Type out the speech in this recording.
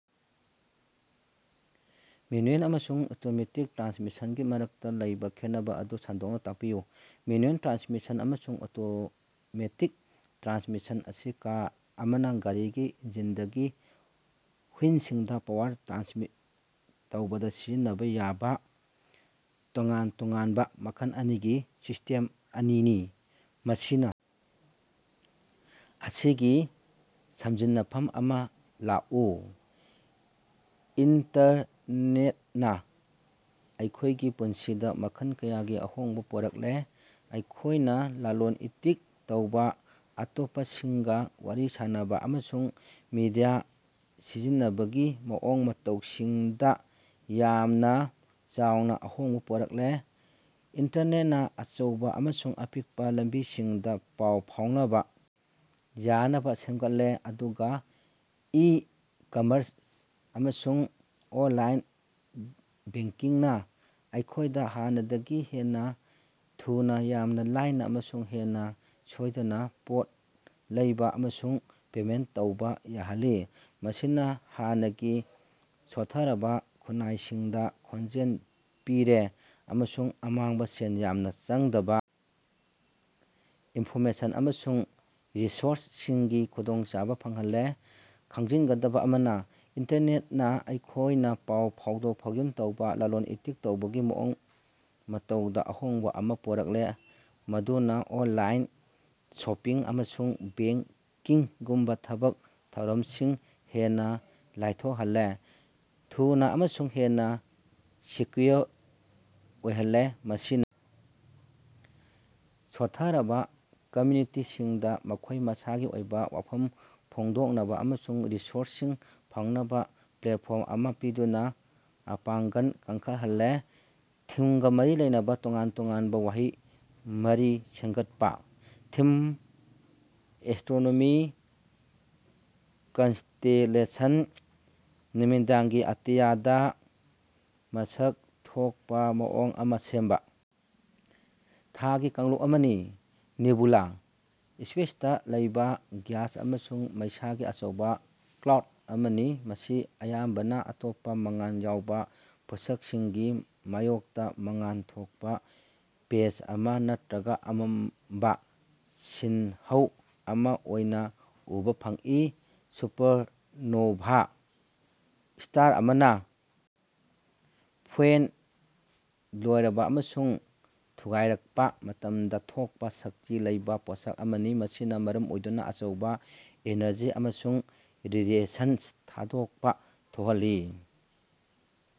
Manual ꯑꯃꯁꯨꯡ automatic ꯇ꯭ꯔꯥꯟꯁꯃꯤꯁꯟꯒꯤ ꯃꯔꯛꯇ ꯂꯩꯕ ꯈꯦꯠꯅꯕ ꯑꯗꯨ ꯁꯟꯗꯣꯛꯅ ꯇꯥꯛꯄꯤꯌꯨ꯫ ꯃꯦꯅꯨꯑꯦꯜ ꯇ꯭ꯔꯥꯟꯁꯃꯤꯁꯟ ꯑꯃꯁꯨꯡ ꯑꯣꯇꯣꯃꯦꯇꯤꯛ ꯇ꯭ꯔꯥꯟꯁꯃꯤꯁꯟ ꯑꯁꯤ ꯀꯥ ꯑꯃꯅꯥ ꯒꯥꯔꯤꯒꯤ ꯏꯟꯖꯤꯟꯗꯒꯤ ꯍꯨꯏꯁꯤꯡꯗ ꯄꯥꯋꯔ ꯇ꯭ꯔꯥꯟꯁꯃꯤꯠ ꯇꯧꯕꯗ ꯁꯤꯖꯤꯟꯅꯕ ꯌꯥꯕꯥ ꯇꯣꯉꯥꯟ ꯇꯣꯉꯥꯟꯕꯥ ꯃꯈꯜ ꯑꯅꯤꯒꯤ ꯁꯤꯁ꯭ꯇꯦꯝ ꯑꯅꯤꯅꯤ, ꯃꯁꯤꯅ ꯑꯁꯤꯒꯤ ꯁꯝꯖꯤꯟꯅꯐꯝ ꯑꯃꯥ ꯂꯥꯛꯎ꯫ ꯏꯟꯇꯔꯅꯦꯠꯅ ꯑꯩꯈꯣꯏꯒꯤ ꯄꯨꯟꯁꯤꯗꯥ ꯃꯈꯜ ꯀꯌꯥꯒꯤ ꯑꯍꯣꯡꯕ ꯄꯨꯔꯛꯂꯦ, ꯑꯩꯈꯣꯏꯅ ꯂꯂꯣꯟ-ꯏꯇꯤꯛ ꯇꯧꯕ, ꯑꯇꯣꯞꯄꯁꯤꯡꯒ ꯋꯥꯔꯤ ꯁꯥꯅꯕ ꯑꯃꯁꯨꯡ ꯃꯤꯗꯤꯌꯥ ꯁꯤꯖꯤꯟꯅꯕꯒꯤ ꯃꯑꯣꯡ ꯃꯇꯧꯁꯤꯡꯗ ꯌꯥꯝꯅ ꯆꯥꯎꯅ ꯑꯍꯣꯡꯕ ꯄꯨꯔꯛꯂꯦ꯫ ꯏꯟꯇꯔꯅꯦꯠꯅ ꯑꯆꯧꯕ ꯑꯃꯁꯨꯡ ꯑꯄꯤꯛꯄꯥ ꯂꯝꯕꯤꯁꯤꯡꯗ ꯄꯥꯎ ꯐꯥꯎꯅꯕ ꯌꯥꯅꯕ ꯁꯦꯝꯒꯠꯂꯦ, ꯑꯗꯨꯒ ꯏ-ꯀꯝꯃꯔꯁ ꯑꯃꯁꯨꯡ ꯑꯣꯟꯂꯥꯏꯟ ꯕꯦꯡꯛꯀꯤꯡꯅꯥ ꯑꯩꯈꯣꯏꯗꯥ ꯍꯥꯟꯅꯗꯒꯤ ꯍꯦꯟꯅ ꯊꯨꯅꯥ, ꯌꯥꯝꯅ ꯂꯥꯏꯅ ꯑꯃꯁꯨꯡ ꯍꯦꯟꯅ ꯁꯣꯏꯗꯅ ꯄꯣꯠ ꯂꯩꯕꯥ ꯑꯃꯁꯨꯡ ꯄꯦꯃꯦꯟꯠ ꯇꯧꯕꯥ ꯌꯥꯍꯜꯂꯤ꯫ ꯃꯁꯤꯅ ꯍꯥꯟꯅꯒꯤ ꯁꯣꯠꯊꯔꯕ ꯈꯨꯟꯅꯥꯏꯁꯤꯡꯗ ꯈꯣꯟꯖꯦꯜ ꯄꯤꯔꯦ ꯑꯃꯁꯨꯡ ꯑꯃꯥꯡꯕ ꯁꯦꯜ ꯌꯥꯝꯅ ꯆꯪꯗꯕ ꯏꯟꯐꯣꯔꯃꯦꯁꯟ ꯑꯃꯁꯨꯡ ꯔꯤꯁꯣꯔꯁꯁꯤꯡꯒꯤ ꯈꯨꯗꯣꯡꯆꯥꯕ ꯐꯪꯍꯜꯂꯦ꯫ ꯈꯪꯖꯤꯟꯒꯗꯕ ꯑꯃꯅ, ꯏꯟꯇꯔꯅꯦꯠꯅꯥ ꯑꯩꯈꯣꯏꯅ ꯄꯥꯎ ꯐꯥꯎꯗꯣꯛ-ꯐꯥꯎꯖꯤꯟ ꯇꯧꯕ, ꯂꯂꯣꯟ-ꯏꯇꯤꯛ ꯇꯧꯕꯒꯤ ꯃꯑꯣꯡ-ꯃꯇꯧꯗ ꯑꯍꯣꯡꯕ ꯑꯃꯥ ꯄꯨꯔꯛꯂꯦ, ꯃꯗꯨꯅ ꯑꯣꯟꯂꯥꯏꯟ ꯁꯣꯄꯤꯡ ꯑꯃꯁꯨꯡ ꯕꯦꯡꯛꯀꯤꯡꯒꯨꯝꯕ ꯊꯕꯛ ꯊꯧꯔꯝꯁꯤꯡ ꯍꯦꯟꯅ ꯂꯥꯏꯊꯣꯛꯍꯜꯂꯦ, ꯊꯨꯅꯥ ꯑꯃꯁꯨꯡ ꯍꯦꯟꯅ ꯁꯦꯀꯌꯨꯑꯣꯔ ꯑꯣꯏꯍꯜꯂꯦ꯫ ꯃꯁꯤꯅ ꯁꯣꯠꯊꯔꯕꯥ ꯀꯃꯌꯨꯅꯤꯇꯤꯁꯤꯡꯗ ꯃꯈꯣꯏ ꯃꯁꯥꯒꯤ ꯑꯣꯏꯕ ꯋꯥꯐꯝ ꯐꯣꯡꯗꯣꯛꯅꯕ ꯑꯃꯁꯨꯡ ꯔꯤꯁꯣꯔꯁꯁꯤꯡ ꯐꯪꯅꯕ ꯄ꯭ꯂꯦꯠꯐꯣꯔꯝ ꯑꯃꯥ ꯄꯤꯗꯨꯅ ꯃꯄꯥꯉꯡꯒꯜ ꯀꯟꯈꯠꯍꯜꯂꯦ꯫ ꯊꯤꯝꯒ ꯃꯔꯤ ꯂꯩꯅꯕ ꯇꯣꯉꯥꯟ ꯇꯣꯉꯥꯟꯕꯥ ꯋꯥꯍꯩ ꯃꯔꯤ ꯁꯦꯝꯒꯠꯄꯥ꯫ ꯊꯤꯝ: ꯑꯦꯁ꯭ꯇꯔꯣꯅꯣꯃꯤ ꯀꯟꯁꯇꯦꯂꯦꯁꯟ: ꯅꯨꯃꯤꯗꯥꯡꯒꯤ ꯑꯇꯤꯌꯥꯗꯥ ꯃꯁꯛ ꯊꯣꯛꯄꯥ ꯃꯑꯣꯡ ꯑꯃꯥ ꯁꯦꯝꯕꯥ ꯊꯥꯒꯤ ꯀꯥꯡꯂꯨꯞ ꯑꯃꯅꯤ꯫ ꯅꯦꯕꯨꯂꯥ: ꯁ꯭ꯄꯦꯁꯇꯥ ꯂꯩꯕꯥ ꯒ꯭ꯌꯥꯁ ꯑꯃꯁꯨꯡ ꯃꯩꯁꯥꯒꯤ ꯑꯆꯧꯕ ꯀ꯭ꯂꯥꯎꯗ ꯑꯃꯅꯤ, ꯃꯁꯤ ꯑꯌꯥꯝꯕꯅ ꯑꯇꯣꯞꯄ ꯃꯉꯥꯜ ꯌꯥꯎꯕ ꯄꯣꯠꯁꯛꯁꯤꯡꯒꯤ ꯃꯥꯌꯣꯛꯇ ꯃꯉꯥꯜ ꯊꯣꯛꯄ ꯄꯦꯆ ꯑꯃꯥ ꯅꯠꯇꯔꯒ ꯑꯃꯝꯕ ꯁꯤꯜꯍꯧ ꯑꯃ ꯑꯣꯏꯅ ꯎꯕꯥ ꯐꯪꯏ꯫ ꯁꯨꯄꯔꯅꯣꯚꯥ: ꯁ꯭ꯇꯥꯔ ꯑꯃꯅ ꯐ꯭ꯌꯨꯑꯦꯜ ꯂꯣꯏꯔꯕ ꯑꯃꯁꯨꯡ ꯊꯨꯒꯥꯏꯔꯛꯄꯥ ꯃꯇꯝꯗ ꯊꯣꯛꯄꯥ ꯁꯛꯇꯤ ꯂꯩꯕꯥ ꯄꯣꯠꯁꯛ ꯑꯃꯅꯤ, ꯃꯁꯤꯅ ꯃꯔꯝ ꯑꯣꯏꯗꯨꯅ ꯑꯆꯧꯕ ꯑꯦꯅꯔꯖꯤ ꯑꯃꯁꯨꯡ ꯔꯦꯗꯤꯑꯦꯁꯟ ꯊꯥꯗꯣꯛꯄꯥ ꯊꯣꯛꯍꯜꯂꯤ꯫